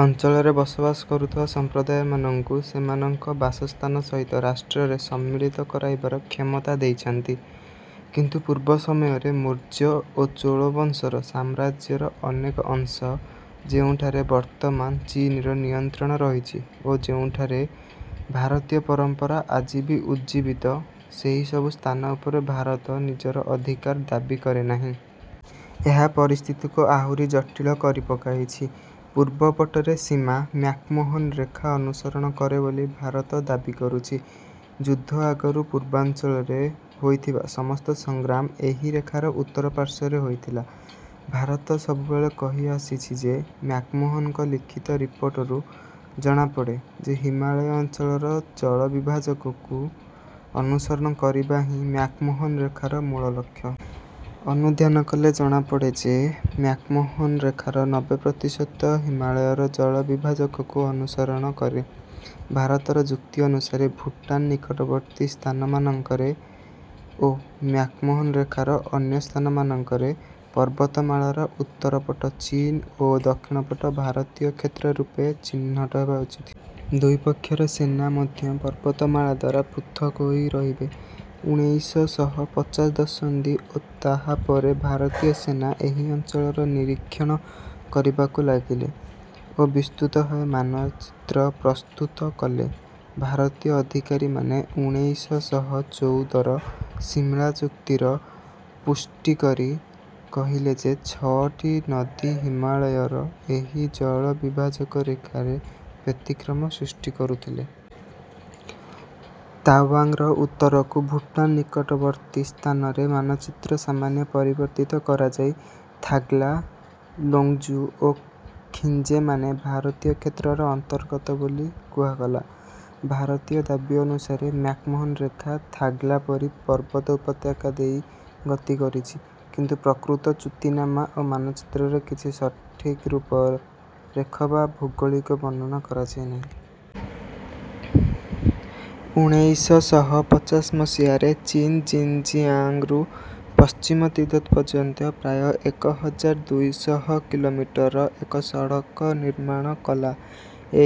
ଅଞ୍ଚଳରେ ବସବାସ କରୁଥିବା ସମ୍ପ୍ରଦାୟମାନଙ୍କୁ ସେମାନଙ୍କ ବାସସ୍ଥାନ ସହିତ ରାଷ୍ଟ୍ରରେ ସମ୍ମିଳିତ କରାଇବାର କ୍ଷମତା ଦେଇଛନ୍ତି। କିନ୍ତୁ ପୂର୍ବ ସମୟରେ ମୌର୍ଯ୍ୟ ଓ ଚୋଳ ବଂଶର ସାମ୍ରାଜ୍ୟର ଅନେକ ଅଂଶ ଯେଉଁଠାରେ ବର୍ତ୍ତମାନ ଚୀନ୍‌ର ନିୟନ୍ତ୍ରଣ ରହିଛି ଓ ଯେଉଁଠାରେ ଭାରତୀୟ ପରମ୍ପରା ଆଜି ବି ଉଜ୍ଜୀବିତ, ସେହି ସବୁ ସ୍ଥାନ ଉପରେ ଭାରତ ନିଜର ଅଧିକାର ଦାବି କରେ ନାହିଁ। ଏହା ପରିସ୍ଥିତିକୁ ଆହୁରି ଜଟିଳ କରିପକାଇଛି। ପୂର୍ବ ପଟରେ ସୀମା ମ୍ୟାକ୍-ମୋହନ ରେଖା ଅନୁସରଣ କରେ ବୋଲି ଭାରତ ଦାବି କରୁଛି। ଯୁଦ୍ଧ ଆଗରୁ ପୂର୍ବାଞ୍ଚଳରେ ହୋଇଥିବା ସମସ୍ତ ସଂଗ୍ରାମ ଏହି ରେଖାର ଉତ୍ତର ପାର୍ଶ୍ୱରେ ହୋଇଥିଲା। ଭାରତ ସବୁବେଳେ କହି ଆସିଛି ଯେ ମ୍ୟାକ୍-ମୋହନଙ୍କ ଲିଖିତ ରିପୋର୍ଟରୁ ଜଣାପଡ଼େ ଯେ ହିମାଳୟ ଅଞ୍ଚଳର ଜଳବିଭାଜକକୁ ଅନୁସରଣ କରିବା ହିଁ ମ୍ୟାକ୍-ମୋହନ ରେଖାର ମୂଳ ଲକ୍ଷ୍ୟ। ଅନୁଧ୍ୟାନ କଲେ ଜଣାପଡ଼େ ଯେ ମ୍ୟାକ୍-ମୋହନ ରେଖାର ନବେ ପ୍ରତିଶତ ହିମାଳୟର ଜଳବିଭାଜକକୁ ଅନୁସରଣ କରେ। ଭାରତର ଯୁକ୍ତି ଅନୁସାରେ ଭୁଟାନ୍ ନିକଟବର୍ତ୍ତୀ ସ୍ଥାନମାନଙ୍କରେ ଓ ମ୍ୟାକ୍-ମୋହନ ରେଖାର ଅନ୍ୟ ସ୍ଥାନମାନଙ୍କରେ ପର୍ବତମାଳାର ଉତ୍ତର ପଟ ଚୀନ୍ ଓ ଦକ୍ଷିଣ ପଟ ଭାରତୀୟ କ୍ଷେତ୍ର ରୂପେ ଚିହ୍ନଟ ହେବା ଉଚିତ। ଦୁଇ ପକ୍ଷର ସେନା ମଧ୍ୟ ପର୍ବତମାଳା ଦ୍ୱାରା ପୃଥକ୍ ହୋଇ ରହିବେ। ଉଣେଇଶ ଶହ ପଚାଶ ଦଶନ୍ଧି ଓ ତାହା ପରେ ଭାରତୀୟ ସେନା ଏହି ଅଞ୍ଚଳର ନିରୀକ୍ଷଣ କରିବାକୁ ଲାଗିଲେ ଓ ବିସ୍ତୃତ ଭାବେ ମାନଚିତ୍ର ପ୍ରସ୍ତୁତ କଲେ। ଭାରତୀୟ ଅଧିକାରୀମାନେ ଉଣେଇଶ ଶହ ଚଉଦର ସିମଳା ଚୁକ୍ତିର ପୁଷ୍ଟି କରି କହିଲେ ଯେ ଛଅଟି ନଦୀ ହିମାଳୟର ଏହି ଜଳବିଭାଜକ ରେଖାରେ ବ୍ୟତିକ୍ରମ ସୃଷ୍ଟି କରୁଥିଲେ। ତୱାଙ୍ଗ୍‌ର ଉତ୍ତରକୁ ଭୁଟାନ୍ ନିକଟବର୍ତ୍ତୀ ସ୍ଥାନରେ ମାନଚିତ୍ର ସାମାନ୍ୟ ପରିବର୍ତ୍ତିତ କରାଯାଇ ଥାଗ୍ ଲା, ଲୋଙ୍ଗ୍‌ଜୁ ଓ ଖିଞ୍ଜେମାନେ ଭାରତୀୟ କ୍ଷେତ୍ରର ଅନ୍ତର୍ଗତ ବୋଲି କୁହାଗଲା। ଭାରତୀୟ ଦାବି ଅନୁସାରେ ମ୍ୟାକ୍-ମୋହନ ରେଖା ଥାଗ୍ ଲା ପରି ପର୍ବତ ଉପତ୍ୟକା ଦେଇ ଗତି କରିଛି। କିନ୍ତୁ ପ୍ରକୃତ ଚୁକ୍ତିନାମା ଓ ମାନଚିତ୍ରରେ କିଛି ସଠିକ ରୂପରେଖ ବା ଭୌଗୋଳିକ ବର୍ଣ୍ଣନା କରାଯାଇ ନାହିଁ। ଉଣେଇଶ ଶହ ପଚାଶ ମସିହାରେ ଚୀନ୍ ଜିନ୍‌ଜିଆଙ୍ଗ୍‌ରୁ ପଶ୍ଚିମ ତିବ୍ଦତ ପର୍ଯ୍ୟନ୍ତ ପ୍ରାୟ ଏକ ହଜାର ଦୁଇ ଶହ କିଲୋମିଟର ର ଏକ ସଡ଼କ ନିର୍ମାଣ କଲା।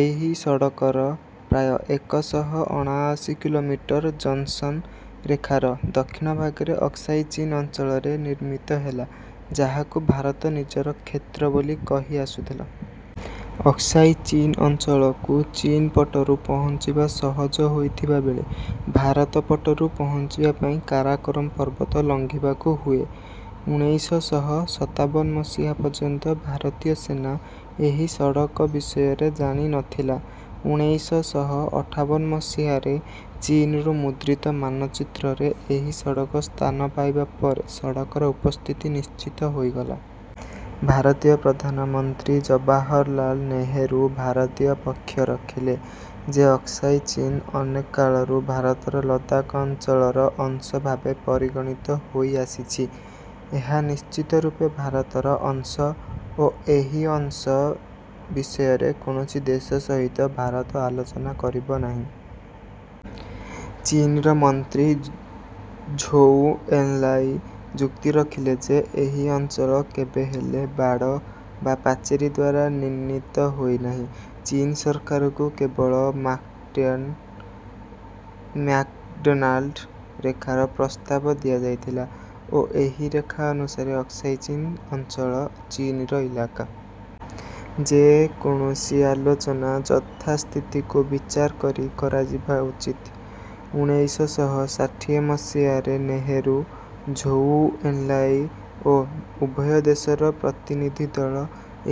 ଏହି ସଡ଼କର ପ୍ରାୟ ଏକ ଶହ ଅଣାଅଶୀ କିଲୋମିଟର ଜନ୍‌ସନ୍ ରେଖାର ଦକ୍ଷିଣ ଭାଗରେ ଅକ୍ସାଇ ଚୀନ୍ ଅଞ୍ଚଳରେ ନିର୍ମିତ ହେଲା ଯାହାକୁ ଭାରତ ନିଜର କ୍ଷେତ୍ର ବୋଲି କହିଆସୁଥିଲା। ଅକ୍ସାଇ ଚୀନ୍ ଅଞ୍ଚଳକୁ ଚୀନ୍ ପଟରୁ ପହଞ୍ଚିବା ସହଜ ହୋଇଥିବା ବେଳେ ଭାରତ ପଟରୁ ପହଞ୍ଚିବା ପାଇଁ କାରାକୋରମ୍ ପର୍ବତ ଲଙ୍ଘିବାକୁ ହୁଏ। ଉଣେଇଶ ଶହ ସତାବନ ମସିହା ପର୍ଯ୍ୟନ୍ତ ଭାରତୀୟ ସେନା ଏହି ସଡ଼କ ବିଷୟରେ ଜାଣି ନ ଥିଲା। ଉଣେଇଶ ଶହ ଅଠାବନ ମସିହାରେ ଚୀନରୁ ମୁଦ୍ରିତ ମାନଚିତ୍ରରେ ଏହି ସଡ଼କ ସ୍ଥାନ ପାଇବା ପରେ ସଡ଼କର ଉପସ୍ଥିତି ନିଶ୍ଚିତ ହୋଇଗଲା। ଭାରତୀୟ ପ୍ରଧାନମନ୍ତ୍ରୀ ଜବାହରଲାଲ୍ ନେହେରୁ ଭାରତୀୟ ପକ୍ଷ ରଖିଲେ ଯେ ଅକ୍ସାଇ ଚୀନ୍ ଅନେକ କାଳରୁ ଭାରତର ଲଦାଖ୍ ଅଞ୍ଚଳର ଅଂଶ ଭାବେ ପରିଗଣିତ ହୋଇଆସିଛି, ଏହା ନିଶ୍ଚିତ ରୂପେ ଭାରତର ଅଂଶ ଓ ଏହି ଅଂଶ ବିଷୟରେ କୌଣସି ଦେଶ ସହିତ ଭାରତ ଆଲୋଚନା କରିବ ନାହିଁ। ଚୀନ୍‌ର ମନ୍ତ୍ରୀ ଝୋଉ ଏନ୍‌ଲାଇ ଯୁକ୍ତି ରଖିଲେ ଯେ ଏହି ଅଞ୍ଚଳ କେବେହେଲେ ବାଡ଼ ବା ପାଚେରୀ ଦ୍ୱାରା ନିର୍ଣ୍ଣୀତ ହୋଇ ନାହିଁ। ଚୀନ୍ ସରକାରକୁ କେବଳ ମକାର୍ଟ୍‌ନେ-ମ୍ୟାକ୍‌ଡନାଲ୍ଡ୍ ରେଖାର ପ୍ରସ୍ତାବ ଦିଆଯାଇଥିଲା ଓ ଏହି ରେଖା ଅନୁସାରେ ଅକ୍ସାଇ ଚୀନ୍ ଅଞ୍ଚଳ ଚୀନ୍‌ର ଇଲାକା। ଯେ କୌଣସି ଆଲୋଚନା ଯଥାସ୍ଥିତିକୁ ବିଚାର କରି କରାଯିବା ଉଚିତ। ଉଣେଇଶ ଶହ ଷାଠିଏ ମସିହାରେ ନେହେରୁ, ଝୋଉ ଏନ୍‌ଲାଇ ଓ ଉଭୟ ଦେଶର ପ୍ରତିନିଧି ଦଳ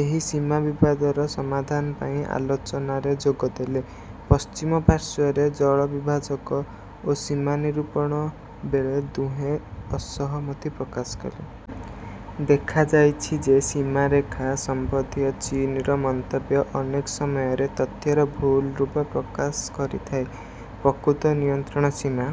ଏହି ସୀମା ବିବାଦର ସମାଧାନ ପାଇଁ ଆଲୋଚନାରେ ଯୋଗ ଦେଲେ। ପଶ୍ଚିମ ପାର୍ଶ୍ୱରେ ଜଳବିଭାଜକ ଓ ସୀମା ନିରୂପଣ ବେଳେ ଦୁହେଁ ଅସହମତି ପ୍ରକାଶ କଲେ। ଦେଖାଯାଇଛି ଯେ ସୀମାରେଖା ସମ୍ବନ୍ଧୀୟ ଚୀନ୍‌ର ମନ୍ତବ୍ୟ ଅନେକ ସମୟରେ ତଥ୍ୟର ଭୁଲ ରୂପ ପ୍ରକାଶ କରିଥାଏ। ପ୍ରକୃତ ନିୟନ୍ତ୍ରଣ ସୀମା